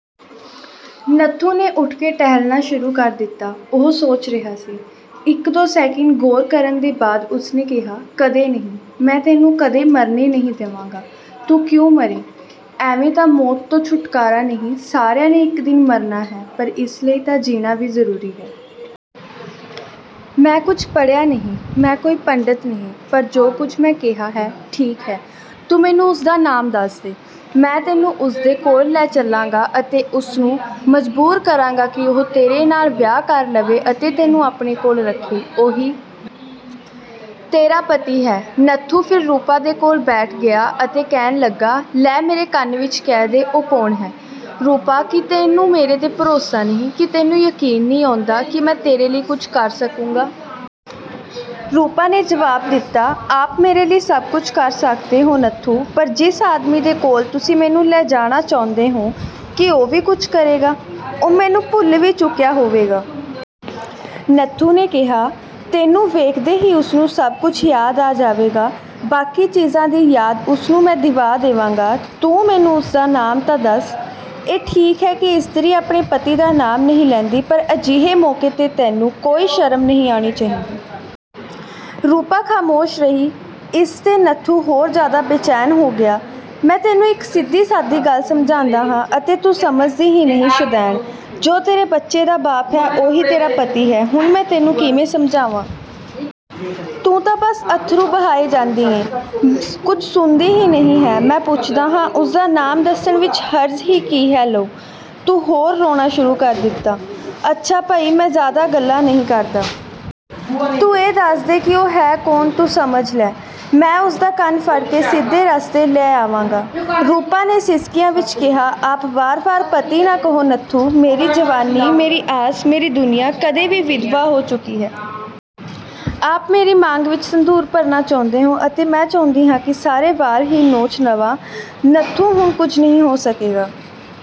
ਨੱਥੂ ਨੇ ਉਠ ਕੇ ਟਹਿਲਣਾ ਸ਼ੁਰੂ ਕਰ ਦਿੱਤਾ। ਉਹ ਸੋਚ ਰਿਹਾ ਸੀ। ਇੱਕ-ਦੋ ਸੈਕਿੰਡ ਗ਼ੌਰ ਕਰਨ ਦੇ ਬਾਅਦ ਉਸਨੇ ਕਿਹਾ, "ਕਦੇ ਨਹੀਂ, ਮੈਂ ਤੈਨੂੰ ਕਦੇ ਮਰਨੇ ਨਹੀਂ ਦੇਵਾਂਗਾ, ਤੂੰ ਕਿਉਂ ਮਰੇਂ। ਇਵੇਂ ਤਾਂ ਮੌਤ ਤੋਂ ਛੁਟਕਾਰਾ ਨਹੀਂ, ਸਾਰਿਆਂ ਨੇ ਇੱਕ ਦਿਨ ਮਰਨਾ ਹੈ ਪਰ ਇਸ ਲਈ ਤਾਂ ਜੀਣਾ ਵੀ ਜ਼ਰੂਰੀ ਹੈ। ਮੈਂ ਕੁੱਝ ਪੜ੍ਹਿਆ ਨਹੀਂ, ਮੈਂ ਕੋਈ ਪੰਡਤ ਨਹੀਂ, ਪਰ ਜੋ ਕੁੱਝ ਮੈਂ ਕਿਹਾ ਹੈ ਠੀਕ ਹੈ, ਤੂੰ ਮੈਨੂੰ ਉਸਦਾ ਨਾਮ ਦੱਸ ਦੇ। ਮੈਂ ਤੈਨੂੰ ਉਸਦੇ ਕੋਲ ਲੈ ਚਲਾਂਗਾ ਅਤੇ ਉਸਨੂੰ ਮਜਬੂਰ ਕਰਾਂਗਾ ਕਿ ਉਹ ਤੇਰੇ ਨਾਲ਼ ਵਿਆਹ ਕਰ ਲਵੇ ਅਤੇ ਤੈਨੂੰ ਆਪਣੇ ਕੋਲ ਰੱਖੇ। ਉਹੀ ਤੇਰਾ ਪਤੀ ਹੈ।" ਨੱਥੂ ਫਿਰ ਰੂਪਾ ਦੇ ਕੋਲ ਬੈਠ ਗਿਆ ਅਤੇ ਕਹਿਣ ਲੱਗਾ, "ਲੈ ਮੇਰੇ ਕੰਨ ਵਿੱਚ ਕਹਿ ਦੇ ਉਹ ਕੌਣ ਹੈ? ਰੂਪਾ ਕੀ ਤੈਨੂੰ ਮੇਰੇ 'ਤੇ ਭਰੋਸਾ ਨਹੀਂ, ਕੀ ਤੈਨੂੰ ਯਕੀਨ ਨਹੀਂ ਆਉਂਦਾ ਕਿ ਮੈਂ ਤੇਰੇ ਲਈ ਕੁੱਝ ਕਰ ਸਕੂੰਗਾ।" ਰੂਪਾ ਨੇ ਜਵਾਬ ਦਿੱਤਾ, "ਆਪ ਮੇਰੇ ਲਈ ਸਭ ਕੁੱਝ ਕਰ ਸਕਦੇ ਹੋ ਨੱਥੂ, ਪਰ ਜਿਸ ਆਦਮੀ ਦੇ ਕੋਲ ਤੁਸੀਂ ਮੈਨੂੰ ਲੈ ਜਾਣਾ ਚਾਹੁੰਦੇ ਹੋ, ਕੀ ਉਹ ਵੀ ਕੁੱਝ ਕਰੇਗਾ? ਉਹ ਮੈਨੂੰ ਭੁੱਲ ਵੀ ਚੁੱਕਿਆ ਹੋਵੇਗਾ।" ਨੱਥੂ ਨੇ ਕਿਹਾ, "ਤੈਨੂੰ ਵੇਖਦੇ ਹੀ ਉਸਨੂੰ ਸਭ ਕੁੱਝ ਯਾਦ ਆ ਜਾਵੇਗਾ। ਬਾਕੀ ਚੀਜ਼ਾਂ ਦੀ ਯਾਦ ਉਸਨੂੰ ਮੈਂ ਦਿਵਾ ਦੇਵਾਂਗਾ, ਤੂੰ ਮੈਨੂੰ ਉਸਦਾ ਨਾਮ ਤਾਂ ਦੱਸ। ਇਹ ਠੀਕ ਹੈ ਕਿ ਇਸਤਰੀ ਆਪਣੇ ਪਤੀ ਦਾ ਨਾਮ ਨਹੀਂ ਲੈਂਦੀ ਪਰ ਅਜਿਹੇ ਮੌਕੇ 'ਤੇ ਤੈਨੂੰ ਕੋਈ ਸ਼ਰਮ ਨਹੀਂ ਆਉਣੀ ਚਾਹੀਦੀ।" ਰੂਪਾ ਖ਼ਾਮੋਸ਼ ਰਹੀ, ਇਸ 'ਤੇ ਨੱਥੂ ਹੋਰ ਜ਼ਿਆਦਾ ਬੇਚੈਨ ਹੋ ਗਿਆ, "ਮੈਂ ਤੈਨੂੰ ਇੱਕ ਸਿੱਧੀ-ਸਾਦੀ ਗੱਲ ਸਮਝਾਂਦਾ ਹਾਂ ਅਤੇ ਤੂੰ ਸਮਝਦੀ ਹੀ ਨਹੀਂ, ਸ਼ੁਦਾਇਣ, ਜੋ ਤੇਰੇ ਬੱਚੇ ਦਾ ਬਾਪ ਹੈ ਉਹੀ ਤੇਰਾ ਪਤੀ ਹੈ, ਹੁਣ ਮੈਂ ਤੈਨੂੰ ਕਿਵੇਂ ਸਮਝਾਵਾਂ? ਤੂੰ ਤਾਂ ਬਸ ਅੱਥਰੂ ਬਹਾਏ ਜਾਂਦੀ ਹੈਂ, ਕੁੱਝ ਸੁਣਦੀ ਹੀ ਨਹੀਂ ਹੈਂ, ਮੈਂ ਪੁੱਛਦਾ ਹਾਂ, ਉਸਦਾ ਨਾਮ ਦੱਸਣ ਵਿੱਚ ਹਰਜ ਹੀ ਕੀ ਹੈ ਲਓ, ਤੂੰ ਹੋਰ ਰੋਣਾ ਸ਼ੁਰੂ ਕਰ ਦਿੱਤਾ। ਅੱਛਾ ਭਈ ਮੈਂ ਜ਼ਿਆਦਾ ਗੱਲਾਂ ਨਹੀਂ ਕਰਦਾ। ਤੂੰ ਇਹ ਦੱਸ ਦੇ ਕਿ ਉਹ ਹੈ ਕੌਣ ਤੂੰ ਸਮਝ ਲੈ। ਮੈਂ ਉਸਦਾ ਕੰਨ ਫੜ ਕੇ ਸਿੱਧੇ ਰਸਤੇ 'ਤੇ ਲੈ ਆਵਾਂਗਾ।" ਰੂਪਾ ਨੇ ਸਿਸਕੀਆਂ ਵਿੱਚ ਕਿਹਾ, "ਆਪ ਵਾਰ-ਵਾਰ ਪਤੀ ਨਾ ਕਹੋ ਨੱਥੂ, ਮੇਰੀ ਜਵਾਨੀ, ਮੇਰੀ ਆਸ, ਮੇਰੀ ਦੁਨੀਆ, ਕਦੇ ਦੀ ਵਿਧਵਾ ਹੋ ਚੁੱਕੀ ਹੈ। ਆਪ ਮੇਰੀ ਮਾਂਗ ਵਿੱਚ ਸੰਧੂਰ ਭਰਨਾ ਚਾਹੁੰਦੇ ਹੋ ਅਤੇ ਮੈਂ ਚਾਹੁੰਦੀ ਹਾਂ ਕਿ ਸਾਰੇ ਵਾਲ਼ ਹੀ ਨੋਚ ਦਵਾਂ ਨੱਥੂ ਹੁਣ ਕੁੱਝ ਨਹੀਂ ਹੋ ਸਕੇਗਾ।